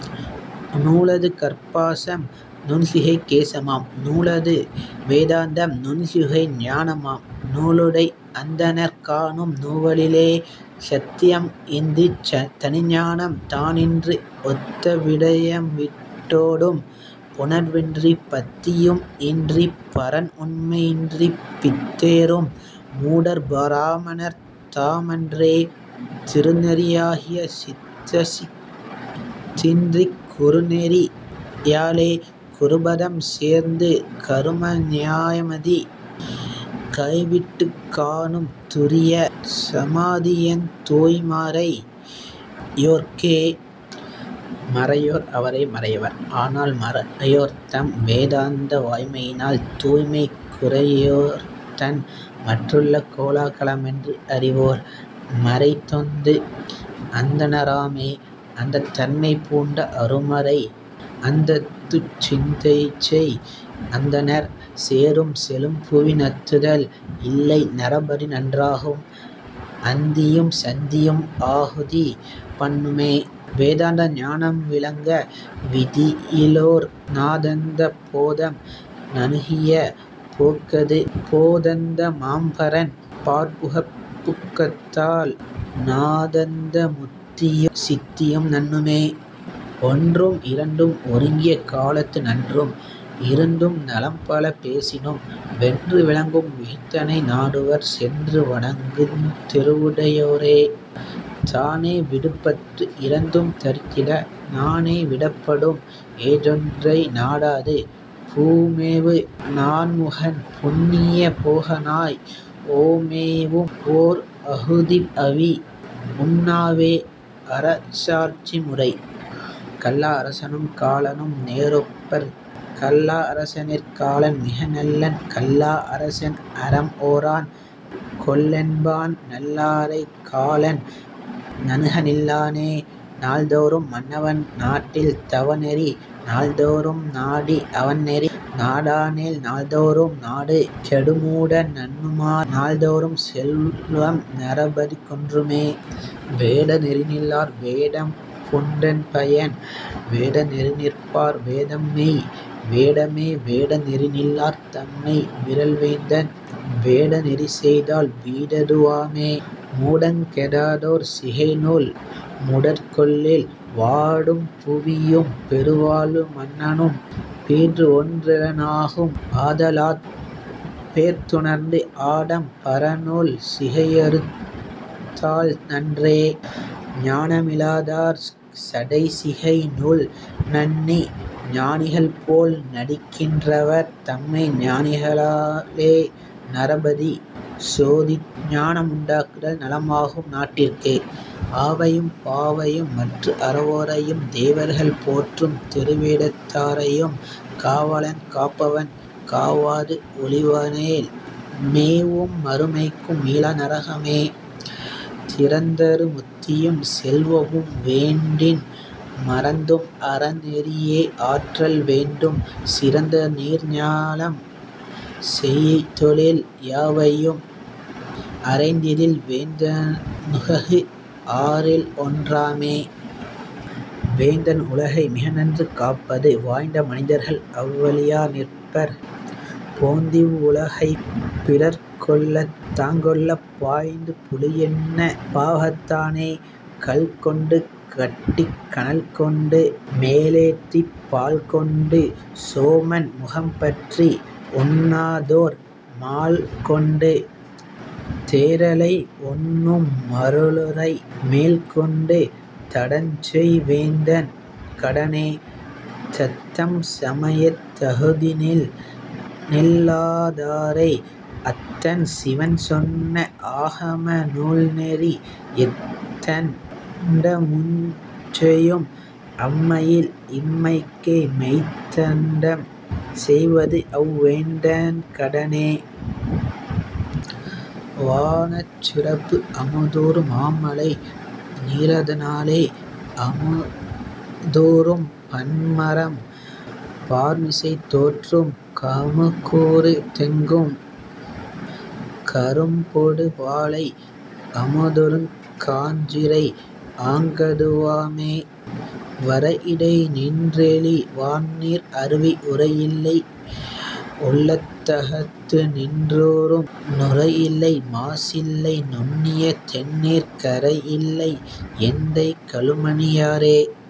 நூலது கர்ப்பாசம் நுண்சிகை கேசமாம் நூலது வேதாந்தம் நுண்சிகை ஞானமாம் நூலுடை அந்தணர் காணும் நுவலிலே. சத்தியம் இன்றித் தனிஞானம் தானின்றி ஒத்த விடயம்விட் டோ டும் உணர்வின்றிப் பத்தியும் இன்றிப் பரன் உண்மை யின்றிப் பித்தேறும் மூடர் பிராமணர் தாமன்றே. திருநெறி யாகிய சித்தசித் தின்றிக் குருநெறி யாலே குருபதம் சேர்ந்து கரும நியமாதி கைவிட்டுக் காணும் துரிய சமாதியாந் தூய்மறை யோர்க்கே. மறையோர் அவரே மறையவர் ஆனால் மறையோர்தம் வேதாந்த வாய்மையினால் தூய்மை குறையோர்தன் மற்றுள்ள கோலா கலமென்று அறிவோர் மறைதொந்து அந்தண ராமே. அந்தண்மை பூண்ட அருமறை அந்தத்துச் சிந்தைசெய் அந்தணர் சேரும் செழும்புவி நந்துதல் இல்லை நரபதி நன்றாகும் அந்தியும் சந்தியும் ஆகுதி பண்ணுமே. வேதாந்த ஞானம் விளங்க விதியிலோர் நாதாந்த போதம் நணுகிய போக்கது போதாந்த மாம்பரன் பாற்புகப் புக்கதால் நாதாந்த முத்தியும் சித்தியும் நண்ணுமே. ஒன்றும் இரண்டும் ஒருங்கிய காலத்து நன்றும் இருந்தும் நலம்பல பேசினும் வென்று விளங்கும் விகிர்தனை நாடுவர் சென்று வணங்குந் திருவுடை யோரே. தானே விடும்பற்று இரண்டும் தரித்திட நானே விடப்படும் ஏதொன்றை நாடாது பூமேவு நான்முகன் புண்ணிய போகனாய் ஓமேவும் ஓர்ஆ குதிஅவி உண்ணவே... அரசாட்சி முறை.. கல்லா அரசனும் காலனும் நேரொப்பர் கல்லா அரசனிற் காலன் மிகநல்லன் கல்லா அரசன் அறம் ஓரான் கொல்லென்பான் நல்லாரைக் காலன் நணுகநில் லானே. நாள்தோறும் மன்னவன் நாட்டில் தவநெறி நாள்தோறும் நாடி அவன்நெறி நாடானேல் நாள்தோறும் நாடு கெடுமூட நண்ணுமால் நாள்தோறும் செல்வம் நரபதி குன்றுமே. வேட நெறிநில்லார் வேடம்பூண் டென்பயன் வேட நெறிநிற்பார் வேடம்மெய் வேடமே வேட நெறிநில்லார் தம்மை விறல்வேந்தன் வேட நெறிசெய்தால் வீடது வாமே. மூடங் கெடாதோர் சிகைநூல் முதற்கொள்ளில் வாடும் புவியும் பெருவாழ்வு மன்னனும் பீடுஒன் றிலனாகும் ஆதலாற் பேர்த்துணர்ந்து ஆடம் பரநூல் சிகையறுத் தால்நன்றே. ஞானமி லாதார் சடைசிகை நூல்நண்ணி ஞானிகள் போல நடிக்கின் றவர் தம்மை ஞானிக ளாலே நரபதி சோதித்து ஞானமுண் டாக்குதல் நலமாகும் நாட்டிற்கே. ஆவையும் பாவையும் மற்றுஅற வோரையும் தேவர்கள் போற்றும் திருவேடத் தாரையும் காவலன் காப்பவன் காவாது ஒழிவனேல் மேவும் மறுமைக்கு மீளா நரகமே. திறந்தரு முத்தியும் செல்வமும் வேண்டின் மறந்தும் அறநெறி யேஆற்றல் வேண்டும் சிறந்தநீர் ஞாலம் செய்தொழில் யாவையும் அறைந்திடில் வேந்தனுககு ஆறில் ஒன் றாமே. வேந்தன் உலகை மிகநன்று காப்பது வாய்ந்த மனிதர்கள் அவ்வழி யாநிற்பர் போந்திவ் வுலகைப் பிறர்க்கொள்ளத் தாங்கொள்ளப் பாய்ந்த புலியன்ன பாவகத் தானே. கால்கொண்டு கட்டிக் கனல்கொண்டு மேலேற்றிப் பால்கொண்டு சோமன் முகம்பற்றி உண்ணாதோர் மால்கொண்டு தேறலை உண்ணும் மருளரை மேல்கொண்டு தடஞ்செய் வேந்தன் கடனே. தத்தம்சமயத் தகுதிநில் லாதாரை அத்தன் சிவன் சொன்ன ஆகம நூல்நெறி எத்தண் டமுஞ்செயும் அம்மையில் இம்மைக்கே மெய்த்தண்டம் செய்வதுஅவ் வேந்தன் கடனே... வானச் சிறப்பு அமுதூறு மாமழை நீரத னாலே அமுதூறும் பன்மரம் பார்மிசை தோற்றும் கமுகூறு தெங்கு கரும்பொடு வாழை அமுதூறுங் காஞ்சிரை ஆங்கது வாமே. வரையிடை நின்றிழி வான்நீர் அருவி உரையில்லை உள்ளத் தகத்துநின் றூறும் நுரையில்லை மாசில்லை நுண்ணிய தெண்ணீர் கரையில்லை எந்தை கழுமணி யாறே...